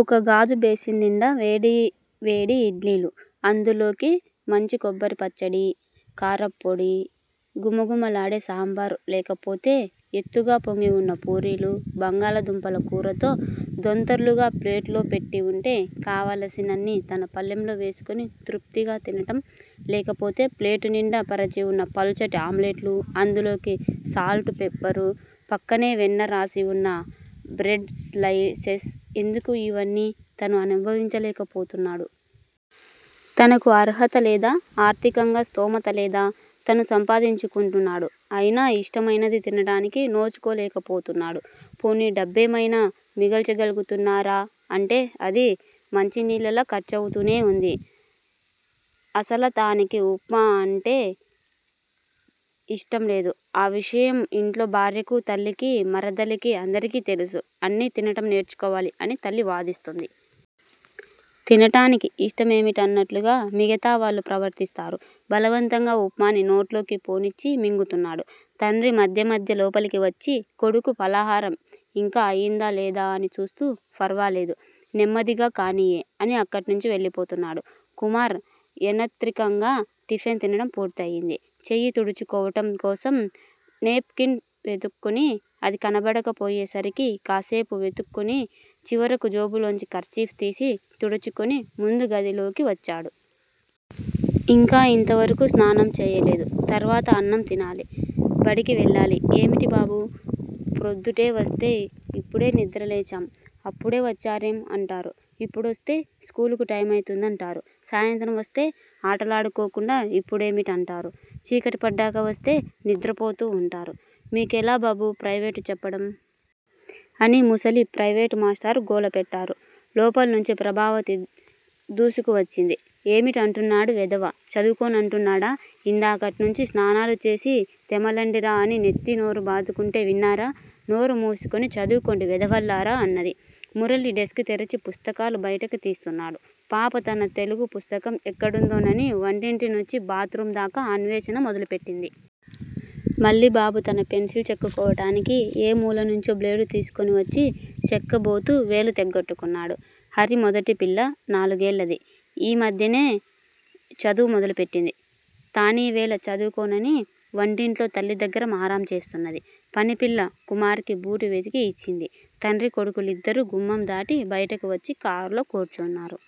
ఒకగాజు basin నిండా వేడివేడి ఇడ్లీలు, అందులోకి మంచి కొబ్బరిపచ్చడి, కారప్పొడి, ఘుమఘుమలాడే సాంబారు లేకపోతే ఎత్తుగా పొంగివున్న పూరీలు, బంగాళాదుంపల కూరతో దొంతర్లుగా ప్లేటులో పెట్టివుంటే కావలసినన్ని తన పళ్ళెంలో వేసుకుని తృప్తిగా తినటం లేకపోతే ప్లేటునిండా పరచివున్న పల్చటి ఆమ్లెట్లు, అందులోకి సాల్టు పెప్పరు ప్రక్కనే వెన్నరాసి వున్న బ్రెడ్ స్లయిసెస్ ఎందుకు ఇవన్నీ తను అనుభవించలేకపోతున్నాడు? తనకు అర్హతలేదా? ఆర్ధికంగా స్తోమతలేదా? తను సంపాదించుకుంటున్నాడు. అయినా ఇష్టమైనది తినడానికి నోచుకోలేకపోతున్నాడు పోనీ డబ్బేమయినా మిగల్చగలుగుతున్నారా అంటే అది మంచినీళ్ళలా ఖర్చవుతూనే వుంది. అసలతానికి ఉప్మా అంటే ఇష్టంలేదు ఆ విషయం ఇంట్లో భార్యకూ తల్లికీ, మరధలికీ అందరికీ తెలుసు. అన్నీ తినటం నేర్చుకోవాలి అని తల్లి వాదిస్తుంది. తినటానికి ఇష్టమేమిటన్నట్లుగా మిగతావాళ్ళు ప్రవర్తిస్తారు. బలవంతంగా ఉప్మాని నోట్లోకి పోనిచ్చి మింగుతున్నాడు. తండ్రి మధ్య మధ్య లోపలికి వచ్చి కొడుకు ఫలహారం ఇంకా అయిందా లేదా అని చూస్తూ ఫర్వాలేదు, నెమ్మదిగా కానియ్యి' అని అక్కడ్నుంచి వెళ్ళిపోతున్నాడు. కుమార్ యనత్రికంగా టిఫిన్ తినడం పూర్తయింది. చెయ్యి తుడుచుకోవటం కోసం నేప్ కిన్ వెదుక్కుని, అది కనబడకపోయే సరికి కాసేపు వెతుక్కుని, చివరకు జేబులోంచి కర్చీఫ్ తీసి తుడుచుకుని ముందుగదిలోకి వచ్చాడు. ఇంకా ఇంతవరకూ స్నానం చేయలేదు, తర్వాత అన్నం తినాలి, బడికి వెళ్ళాలి ఏమిటి బాబూ? ప్రొద్దుటే వస్తే ఇప్పుడే నిద్రలేచాం. అప్పుడే వచ్చారేం? అంటారు. ఇప్పుడొస్తే స్కూలుకు టైమయిందంటారు. సాయంత్రం వస్తే ఆటలాడుకోకుండా ఇప్పుడేమిటంటారు. చీకటిపడ్డాక వస్తే నిద్రపోతూ వుంటారు. మీకెలా బాబూ ప్రయివేటు చెప్పడం? ' అని ముసలి ప్రయివేటు మాష్టారు గోలపెట్టారు. లోపల్నుంచి ప్రభావతి దూసుకువచ్చింది. ఏమిటంటున్నాడు వెధవ? చదువుకోనంటున్నాడా? ఇందాకట్నుంచీ స్నానాలుచేసి తెమలండిరా అని నెత్తీనోరూ బాదుకుంటే విన్నారా? నోరు మూసుకుని చదువుకోండి వెధవల్లారా! అన్నది. మురళి డెస్క్ తెరచి పుస్తకాలు బయటకు తీస్తున్నాడు. పాప తన తెలుగుపుస్తకం ఎక్కడుందోనని వంటింటినుంచి బాత్ రూమ్ దాకా అన్వేషణ మొదలుపెట్టింది. మల్లిబాబు తన పెన్సిల్ చెక్కుకోవటానికి ఏ మూలనుంచో బ్లేడు తీసుకునివచ్చి, చెక్కుకోబోతూ వేలు తెగ్గొట్టుకున్నాడు. హరి మొదటిపిల్ల నాలుగేళ్ళది. ఈ మధ్యనే చదువు మొదలుపెట్టింది. తానీవేళ చదువుకోనని వంటింట్లో తల్లిదగ్గర మారాం చేస్తున్నది. పనిపిల్ల కుమార్ కి బూటు వెతికి ఇచ్చింది. తండ్రీకొడుకులిద్దరూ గుమ్మందాటి బయటకు వచ్చి కారులో కూర్చున్నారు.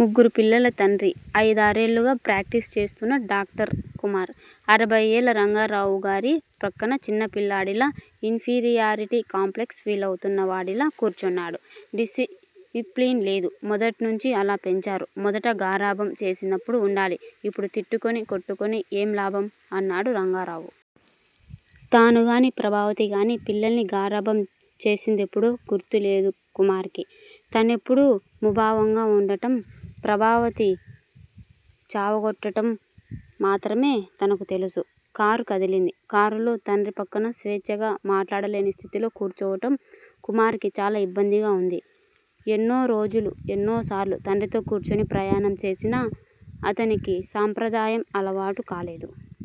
ముగ్గురు పిల్లల తండ్రి. అయిదారేళ్ళుగా ప్రాక్టీసు చేస్తున్న డాక్టర్ కుమార్ అరవైఏళ్ల రంగారావుగారి ప్రక్కన చిన్నపిల్లాడిలా ఇన్ ఫీరియారిటీ కాంప్లెక్స్ ఫీలవుతున్నవాడిలా కూర్చున్నాడు. డిసిప్లిన్ లేదు. మొదట్నుంచీ అలా పెంచారు. మొదట గారాబం చేసినప్పుడు ఉండాలి. ఇప్పుడు తిట్టుకుని, కొట్టుకుని ఏం లాభం? అన్నాడు రంగారావుగారు. తానుగానీ, ప్రభావతిగానీ పిల్లల్ని గారాబం చేసిందెప్పుడో గుర్తురాలేదు కుమార్ కి. తనెప్పుడూ ముభావంగా వుండటం, ప్రభావతి చావగొట్టటం మాత్రమే తనకు తెలుసు. కారు కదిలింది. కారులో తండ్రిప్రక్కన స్వేచ్చగా మాట్లాడలేని స్థితిలో కూర్చోవటం కుమార్ కి చాలా ఇబ్బందిగా వుంది. ఎన్నోరోజులు, ఎన్నోసార్లు తండ్రితో కూర్చుని ప్రయాణం చేసినా అతనికి సాంప్రదాయం అలవాటుకాలేదు.